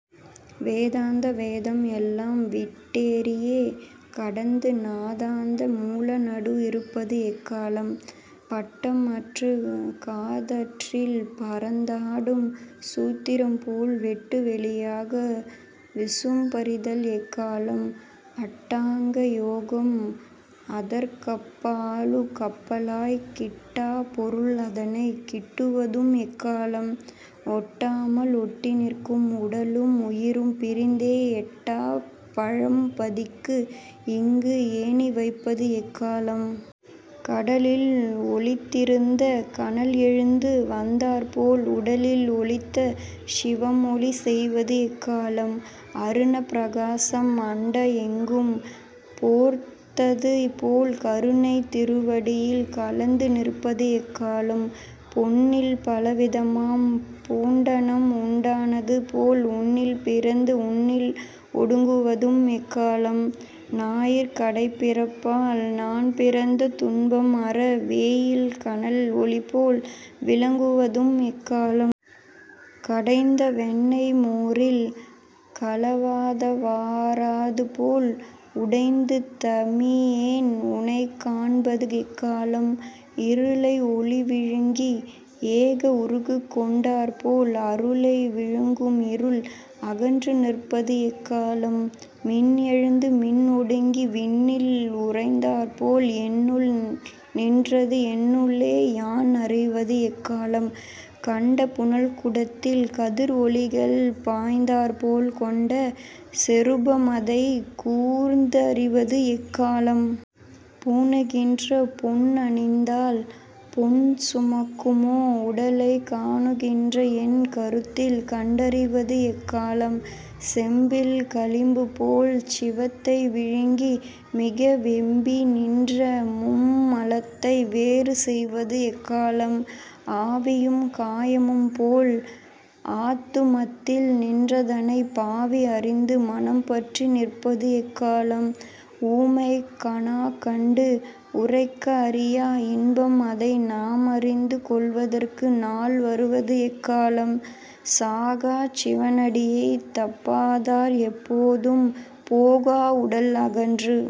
வேதாந்த வேதம் எல்லாம் வீட்டேறியே கடந்து நாதாந்த மூல நடு இருப்பது எக்காலம்? பட்டம் அற்றுக் காதற்றில் பறந்தாடும் சூத்திரம் போல் வெட்டு வெளியாக விசும்பறிதல் எக்காலம்? அட்டாங்கயோகம் அதற்கப்பாலுக் கப்பாலாய் கிட்டாப் பொருள் அதனைக் கிட்டுவதும் எக்காலம்? ஒட்டாமல் ஒட்டிநிற்கும் உடலும் உயிரும்பிரிந்தே எட்டாப் பழம்பதிக்கு இங்கு ஏணிவைப்பது எக்காலம்? கடலில்ஒளித்திருந்த கனல்எழுந்து வந்தாற்போல் உடலில்ஒளித்த சிவம்ஒளி செய்வது எக்காலம்? அருணப் பிரகாசம் அண்டஎங்கும் போர்த்தது போல் கருணைத் திருவடியில் கலந்து நிற்பது எக்காலம்? பொன்னில் பலவிதமாம் பூடணம்உண்டானது போல் உன்னில் பிறந்து உன்னில்ஒடுங்குவதும் எக்காலம்? நாயிற் கடைப்பிறப்பால் நான்பிறந்த துன்பம்அற வேயில் கனல் ஒளிபோல் விளங்குவதும் எக்காலம்? கடைந்த வெண்ணய் மோரில் கலவாதவாறதுபோல் உடைந்து தமியேன் உனைக்காண்பது எக்காலம்? இருளை ஒளி விழுங்கி ஏகஉருக் கொண்டாற்போல் அருளை விழுங்கும்இருள் அகன்று நிற்பது எக்காலம்? மின் எழுந்து மின்ஒடுங்கி விண்ணில் உறைந்தாற்போல் என்னுள் நின்றதுஎன்னுள்ளே யான் அறிவது எக்காலம்? கண்ட புனல்குடத்தில் கதிர் ஒளிகள் பாய்ந்தாற்போல் கொண்ட சொரூபமதைக் கூர்ந்தறிவது எக்காலம்? புணுகின்ற பொன் அணிந்தால் பொன்சுமக்குமோ உடலை காணுகின்றஎன் கருத்தில் கண்டறிவது எக்காலம்? செம்பில் களிம்புபோல் சிவத்தைவிழுங்கி மிக வெம்பி நின்ற மும்மலத்தை வேறுசெய்வது எக்காலம்? ஆவியும் காயமும்போல் ஆத்துமத்தில் நின்றதனை பாவிஅறிந்து மனம் பற்றி நிற்பது எக்காலம்? ஊமை கனாக்கண்டு உரைக்கஅறியா இன்பம்அதை நாம்அறிந்து கொள்வதற்கு நாள் வருவதுஎக்காலம்? சாகாச் சிவனடியைத் தப்பாதார் எப்போதும் போகா உடல்அகன்று